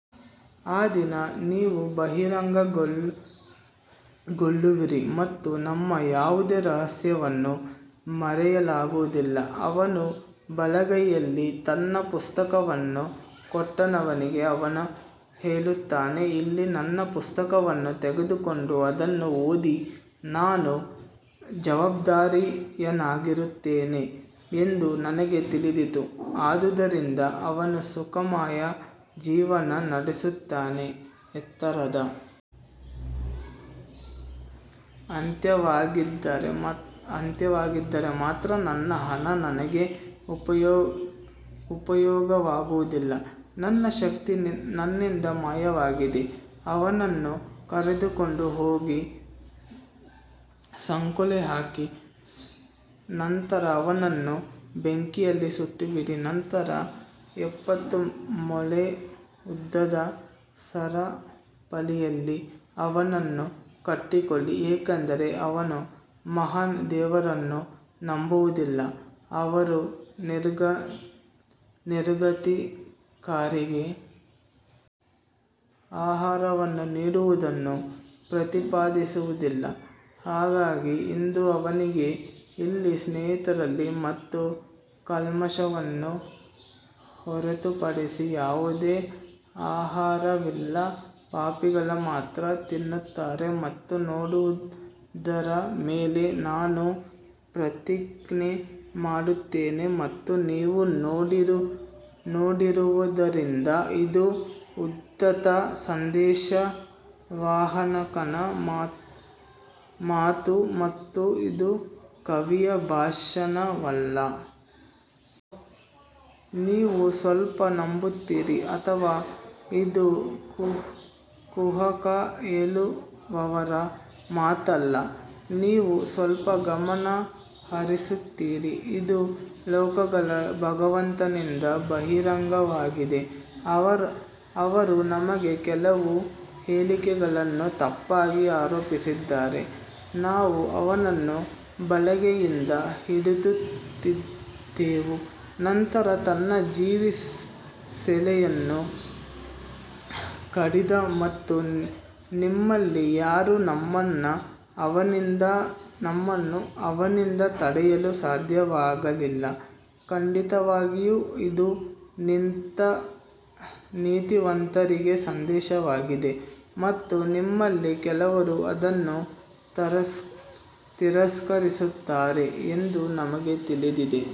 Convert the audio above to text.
ಆ ದಿನ ನೀವು ಬಹಿರಂಗಗೊಳ್ಳುವಿರಿ ಮತ್ತು ನಿಮ್ಮ ಯಾವುದೇ ರಹಸ್ಯವು ಮರೆಯಾಗುವುದಿಲ್ಲ ಅವನ ಬಲಗೈಯಲ್ಲಿ ತನ್ನ ಪುಸ್ತಕವನ್ನು ಕೊಟ್ಟವನಿಗೆ ಅವನು ಹೇಳುತ್ತಾನೆ ಇಲ್ಲಿ ನನ್ನ ಪುಸ್ತಕವನ್ನು ತೆಗೆದುಕೊಂಡು ಅದನ್ನು ಓದಿ ನಾನು ಜವಾಬ್ದಾರನಾಗಿರುತ್ತೇನೆ ಎಂದು ನನಗೆ ತಿಳಿದಿತ್ತು ಆದುದರಿಂದ ಅವನು ಸುಖಮಯ ಜೀವನ ನಡೆಸುತ್ತಾನೆ ಎತ್ತರದ ಅಂತ್ಯವಾಗಿದ್ದರೆ ಮಾತ್ರ ನನ್ನ ಹಣ ನನಗೆ ಉಪಯೋಗವಾಗುವುದಿಲ್ಲ ನನ್ನ ಶಕ್ತಿ ನನ್ನಿಂದ ಮಾಯವಾಗಿದೆ ಅವನನ್ನು ಕರೆದುಕೊಂಡು ಹೋಗಿ ಸಂಕೋಲೆ ಹಾಕಿ ನಂತರ ಅವನನ್ನು ಬೆಂಕಿಯಲ್ಲಿ ಸುಟ್ಟುಬಿಡಿ ನಂತರ ಎಪ್ಪತ್ತು ಮೊಳ ಉದ್ದದ ಸರಪಳಿಯಲ್ಲಿ ಅವನನ್ನು ಕಟ್ಟಿಕೊಳ್ಳಿ ಏಕೆಂದರೆ ಅವನು ಮಹಾನ್ ದೇವರನ್ನು ನಂಬುವುದಿಲ್ಲ ಅವರು ನಿರ್ಗತಿಕರಿಗೆ ಆಹಾರವನ್ನು ನೀಡುವುದನ್ನು ಪ್ರತಿಪಾದಿಸುವುದಿಲ್ಲ ಹಾಗಾಗಿ ಇಂದು ಅವನಿಗೆ ಇಲ್ಲಿ ಸ್ನೇಹಿತರಿಲ್ಲ ಮತ್ತು ಕಲ್ಮಶವನ್ನು ಹೊರತುಪಡಿಸಿ ಯಾವುದೇ ಆಹಾರವಿಲ್ಲ ಪಾಪಿಗಳು ಮಾತ್ರ ತಿನ್ನುತ್ತಾರೆ ನೀವು ನೋಡುವುದರ ಮೇಲೆ ನಾನು ಪ್ರತಿಜ್ಞೆ ಮಾಡುತ್ತೇನೆ ಮತ್ತು ನೀವು ನೋಡದಿರುವದರಿಂದ ಇದು ಉದಾತ್ತ ಸಂದೇಶವಾಹಕನ ಮಾತು ಮತ್ತು ಇದು ಕವಿಯ ಭಾಷಣವಲ್ಲ, ನೀವು ಸ್ವಲ್ಪ ನಂಬುತ್ತೀರಿ ಅಥವಾ ಇದು ಕುಹಕ ಹೇಳುವವರ ಮಾತಲ್ಲ, ನೀವು ಸ್ವಲ್ಪ ಗಮನ ಹರಿಸುತ್ತೀರಿ ಇದು ಲೋಕಗಳ ಭಗವಂತನಿಂದ ಬಹಿರಂಗವಾಗಿದೆ ಅವರು ನಮಗೆ ಕೆಲವು ಹೇಳಿಕೆಗಳನ್ನು ತಪ್ಪಾಗಿ ಆರೋಪಿಸಿದ್ದಾರೆ ನಾವು ಅವನನ್ನು ಬಲಗೈಯಿಂದ ಹಿಡಿಯುತ್ತಿದ್ದೆವು ನಂತರ ತನ್ನ ಜೀವಸೆಲೆಯನ್ನು ಕಡಿದ ಮತ್ತು ನಿಮ್ಮಲ್ಲಿ ಯಾರೂ ನಮ್ಮನ್ನು ಅವನಿಂದ ತಡೆಯಲು ಸಾಧ್ಯವಾಗಲಿಲ್ಲ ಖಂಡಿತವಾಗಿಯೂ ಇದು ನೀತಿವಂತರಿಗೆ ಸಂದೇಶವಾಗಿದೆ ಮತ್ತು ನಿಮ್ಮಲ್ಲಿ ಕೆಲವರು ಅದನ್ನು ತಿರಸ್ಕರಿಸುತ್ತಾರೆ ಎಂದು ನಮಗೆ ತಿಳಿದಿದೆ.